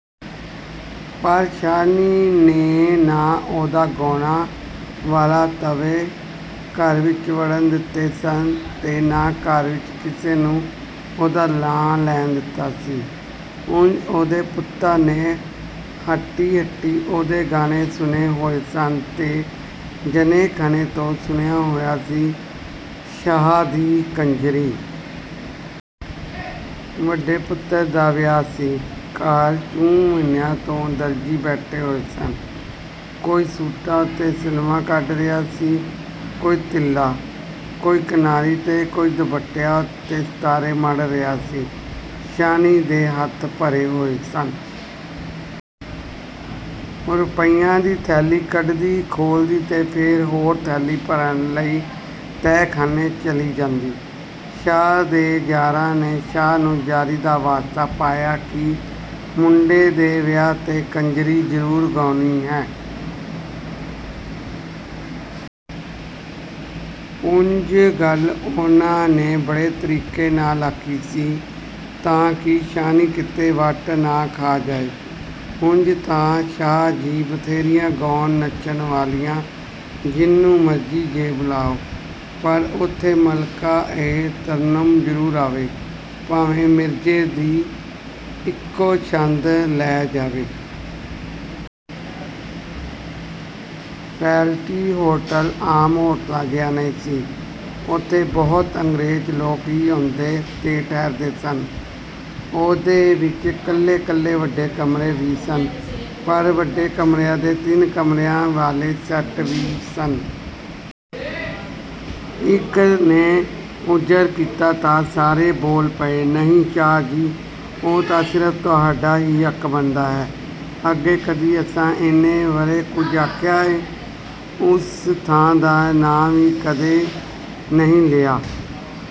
ਪਰ ਸ਼ਾਹਣੀ ਨੇ ਨਾ ਉਹਦੇ ਗਾਉਣਾਂ ਵਾਲੇ ਤਵੇ ਘਰ ਵਿਚ ਵੜਣ ਦਿੱਤੇ ਸਨ, ਤੇ ਨਾ ਘਰ ਵਿਚ ਕਿਸੇ ਨੂੰ ਉਹਦਾ ਨਾਂ ਲੈਣ ਦਿੱਤਾ ਸੀ। ਉਂਜ ਉਹਦੇ ਪੁੱਤਰਾਂ ਨੇ ਹੱਟੀ-ਹੱਟੀ ਉਹਦੇ ਗਾਉਣ ਸੁਣੇ ਹੋਏ ਸਨ, ਤੇ ਜਣੇ-ਖਣੇ ਤੋਂ ਸੁਣਿਆ ਹੋਇਆ ਸੀ, "ਸ਼ਾਹ ਦੀ ਕੰਜਰੀ।" ਵੱਡੇ ਪੁੱਤਰ ਦਾ ਵਿਆਹ ਸੀ। ਘਰ ਚਹੁੰ ਮਹੀਨਿਆਂ ਤੋਂ ਦਰਜ਼ੀ ਬੈਠੇ ਹੋਏ ਸਨ। ਕੋਈ ਸੂਟਾਂ ਉੱਤੇ ਸਿਲਮਾ ਕੱਢ ਰਿਹਾ ਸੀ, ਕੋਈ ਤਿੱਲਾ, ਕੋਈ ਕਿਨਾਰੀ ਤੇ ਕੋਈ ਦੁਪੱਟਿਆਂ ਉੱਤੇ ਸਿਤਾਰੇ ਮੜ੍ਹ ਰਿਹਾ ਸੀ। ਸ਼ਾਹਣੀ ਦੇ ਹੱਥ ਭਰੇ ਹੋਏ ਸਨ। ਰੁਪਈਆਂ ਦੀ ਥੈਲੀ ਕੱਢਦੀ, ਖੋਲ੍ਹਦੀ, ਤੇ ਫੇਰ ਹੋਰ ਥੈਲੀ ਭਰਨ ਲਈ ਤਹਿਖਾਨੇ ਚਲੀ ਜਾਂਦੀ। ਸ਼ਾਹ ਦੇ ਯਾਰਾਂ ਨੇ ਸ਼ਾਹ ਨੂੰ ਯਾਰੀ ਦਾ ਵਾਸਤਾ ਪਾਇਆ ਕਿ ਮੁੰਡੇ ਦੇ ਵਿਆਹ ਤੇ ਕੰਜਰੀ ਜ਼ਰੂਰ ਗੁਆਉਣੀ ਹੈ। ਉਂਜ ਗੱਲ ਉਹਨਾਂ ਨੇ ਬੜੇ ਤਰੀਕੇ ਨਾਲ ਆਖੀ ਸੀ, ਤਾਂ ਕਿ ਸ਼ਾਹਣੀ ਕਿਤੇ ਵੱਟ ਨਾ ਖਾ ਜਾਏ। "ਉਂਜ ਤਾਂ ਸ਼ਾਹ ਜੀ, ਬਥੇਰੀਆਂ ਗਾਉਣ-ਨੱਚਣ ਵਾਲੀਆਂ, ਜਿਹਨੂੰ ਮਰਜ਼ੀ ਜੇ ਬੁਲਾਉ। ਪਰ ਉੱਥੇ ਮਲਕਾ-ਏ-ਤਰੰਨੁਮ ਜ਼ਰੂਰ ਆਵੇ, ਭਾਵੇਂ ਮਿਰਜ਼ੇ ਦੀ ਇਕੋ ਸੱਦ ਲਾ ਜਾਵੇ।" ਫਲੈਟੀ ਹੋਟਲ ਆਮ ਹੋਟਲਾਂ ਜਿਹਾ ਨਹੀਂ ਸੀ। ਉੱਥੇ ਬਹੁਤ ਅੰਗਰੇਜ਼ ਲੋਕ ਹੀ ਆਉਂਦੇ ਤੇ ਠਹਿਰਦੇ ਸਨ। ਉਹਦੇ ਵਿਚ ਕੱਲੇ-ਕੱਲੇ ਵੱਡੇ ਕਮਰੇ ਵੀ ਸਨ, ਪਰ ਵੱਡੇ ਕਮਰਿਆਂ ਦੇ ਤਿੰਨ ਕਮਰਿਆਂ ਵਾਲੇ ਸੈੱਟ ਵੀ ਸਨ। ਇੱਕ ਨੇ ਉਜ਼ਰ ਕੀਤਾ ਤਾਂ ਸਾਰੇ ਬੋਲ ਪਏ, "ਨਹੀਂ ਸ਼ਾਹ ਜੀ, ਉਹ ਤਾਂ ਸਿਰਫ਼ ਤੁਹਾਡਾ ਹੀ ਹੱਕ ਬਣਦਾ ਏ। ਅੱਗੇ ਕਦੀ ਅਸਾਂ ਏਨੇ ਵਰ੍ਹੇ ਕੁਝ ਆਖਿਆ ਏ? ਉਸ ਥਾਂ ਦਾ ਨਾਂ ਵੀ ਕਦੇ ਨਹੀਂ ਲਿਆ।